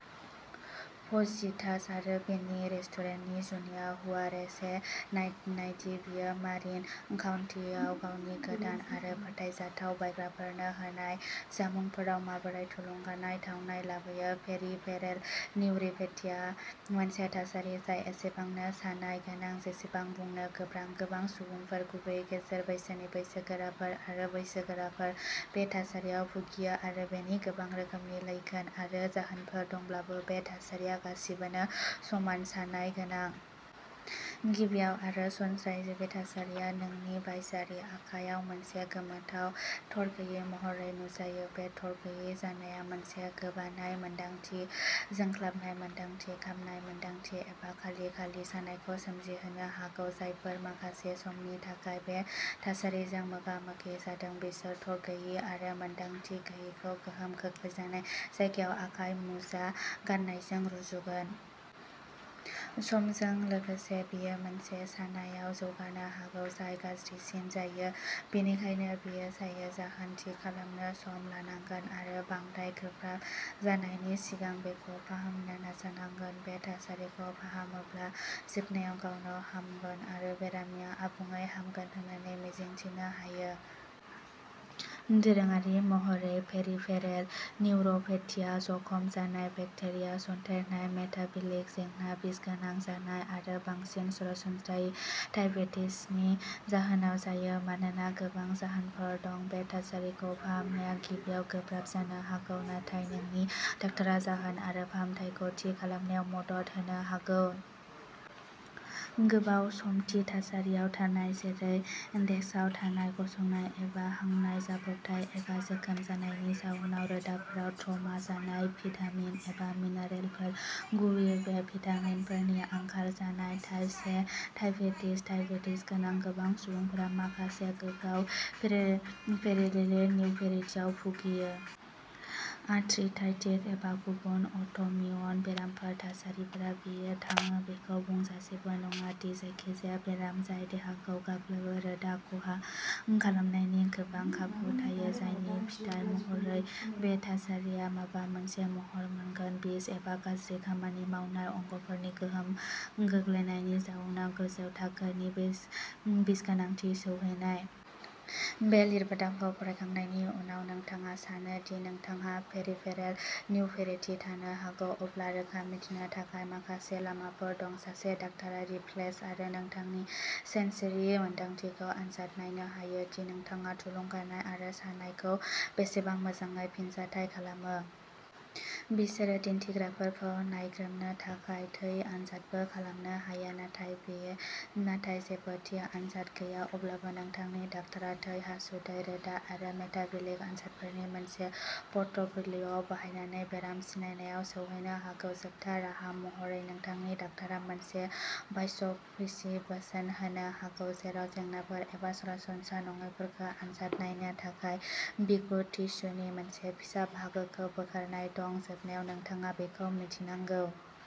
Fajitas आरो बिनि रेस्टुरेन्टनि जुनिया, हुआरचे। नायदि बियो मारिन काउन्टिआव गावनि गोदान आरो फोथायजाथाव बायग्राफोरनो होनाय जामुंफोराव माबोरै थुलुंगानाय थावनाय लाबोयो। पेरिफेरेल निउर'पेथिया मोनसे थासारि जाय एसेबांनो सानाय गोनां जेसेबां बुंनो गोब्राब। गोबां सुबुंफोर, गुबैयै गेजेर बैसोनि बैसोगोराफोर आरो बैसोगोराफोर, बे थासारियाव भुगियो आरो बेनि गोबां रोखोमनि लैखोन आरो जाहोनफोर दंब्लाबो, बे थासारिया गासिबोनो समान सानाय गोनां। गिबियाव आरो सरासनस्रायै, बे थासारिया नोंनि बायजोआरि आखाइ आव मोनसे गोमोथाव थरगैयि महरै नुजायो। बे थरगैयि जानाया मोनसे गोबानाय मोनदांथि, जोंख्लाबनाय मोनदांथि, खामनाय मोनदांथि, एबा खालि खालि सानायखौ सोमजिहोनो हागौ। जायफोरा माखासे समनि थाखाय बे थासारिजों मोगा मोगि जादों बिसोर थरगैयि आरो मोनदांथि गैयैखौ गोहोम खोख्लैजानाय जायगायाव आखाइ मुजा गाननायजों रुजुगोन। समजों लोगोसे, बेयो मोनसे सानायआव जौगानो हागौ जाय गाज्रिसिन जायो, बेनिखायनो बेयो जायो। जाहोन थि खालामनो सम लानांगोन आरो बांद्राय गोब्राब जानायनि सिगां बेखौ फाहामनो नाजानांगोन। बे थासारिखौ फाहामोब्ला जोबनायाव गावनो हामगोन आरो बेरामिया आबुङै हामगोन होननानै मिजिंथिनो हायो। दोरोङारि महरै पेरिफेरेल निउर'पेथिआ जखम जानाय, बेक्टेरिया सन्देरनाय, मेटाबलिक जेंना, बिसगोनां जानाय आरो बांसिन सरासनस्रायै दाइबेटिसनि जाहोनाव जायो। मानोना गोबां जाहोनफोर दं, बे थासारिखौ फाहामनाया गिबियाव गोब्राब जानो हागौ, नाथाय नोंनि डाक्टारआ जाहोन आरो फाहामथायखौ थि खालामनायाव मदद होनो हागोन। गोबाव सम थि थासारियाव थानाय, जेरै डेस्कआव थानाय, गसंनाय एबा हांनाय। जाब्रबथाय एबा जोखोम जानायनि जाउनाव रोदाफोराव ट्रमा जानाय। भिटामिन एबा मिनारेलफोर, गुबैयै बि भिटामिनफोरनि आंखाल जानाय। टाइप से दाइबेटिस दाइबेटिस गोनां गोबां सुबुंफोरा माखासे गोहोआव पेरिफेरेल निउर'पेथिआव भुगियो। आर्थ्राइटिक एबा गुबुन अट'इमिउन बेरामफोर थासारिफोर। बेयो थाङो बेखौ बुंजासेबो नङा दि जायखिजाया बेराम जाय देहाखौ गाग्लोबो, रोदा खहा खालामनायनि गोबां खाबु थायो, जायनि फिथाय महरै बे थासारिया माबा मोनसे महर मोनगोन। बिस एबा गाज्रि खामानि मावनाय अंगफोरनि गोहोम गोग्लैनायनि जाउनाव गोजौ थाखोनि बिसगोनांथि सौहैनाय। बे लिरबिदांखौ फरायखांनायनि उनाव नोंथाङा सानो दि नोंथांहा पेरिफेरेल निउर'पेथि थानो हागौ, अब्ला रोखा मिथिनो थाखाय माखासे लामाफोर दं। सासे डाक्टारा रिफ्लेक्स आरो नोंथांनि सेन्सरि मोनदांथिखौ आनजाद नायनो हायो दि नोंथाङा थुलुंगानाय आरो सानायखौ बेसेबां मोजाङै फिनजाथाय खालामो। बिसोरो दिन्थिग्राफोरखौ नायग्रोमनो थाखाय थै आनजादबो खालामनो हायो, नाथाय जेबो थि आनजाद गैया। अब्लाबो, नोंथांनि डाक्टारा थै, हासुदै, रोदा आरो मेटाबलिक आनजादफोरनि मोनसे प'र्टफ'लिय' बाहायनानै बेराम सिनायनायाव सौहैनो हागौ। जोबथा राहा महरै, नोंथांनि डाक्टारा मोनसे बाय'प्सीनि बोसोन होनो हागौ, जेराव जेंनाफोर एबा सरासनस्रा नङैफोरखौ आनजाद नायनो थाखाय बिगुर टिस्युनि मोनसे फिसा बाहागोखौ बोखारनाय दं। जोबनायाव, नोंथाङा बेखौ मिथिनांगौ।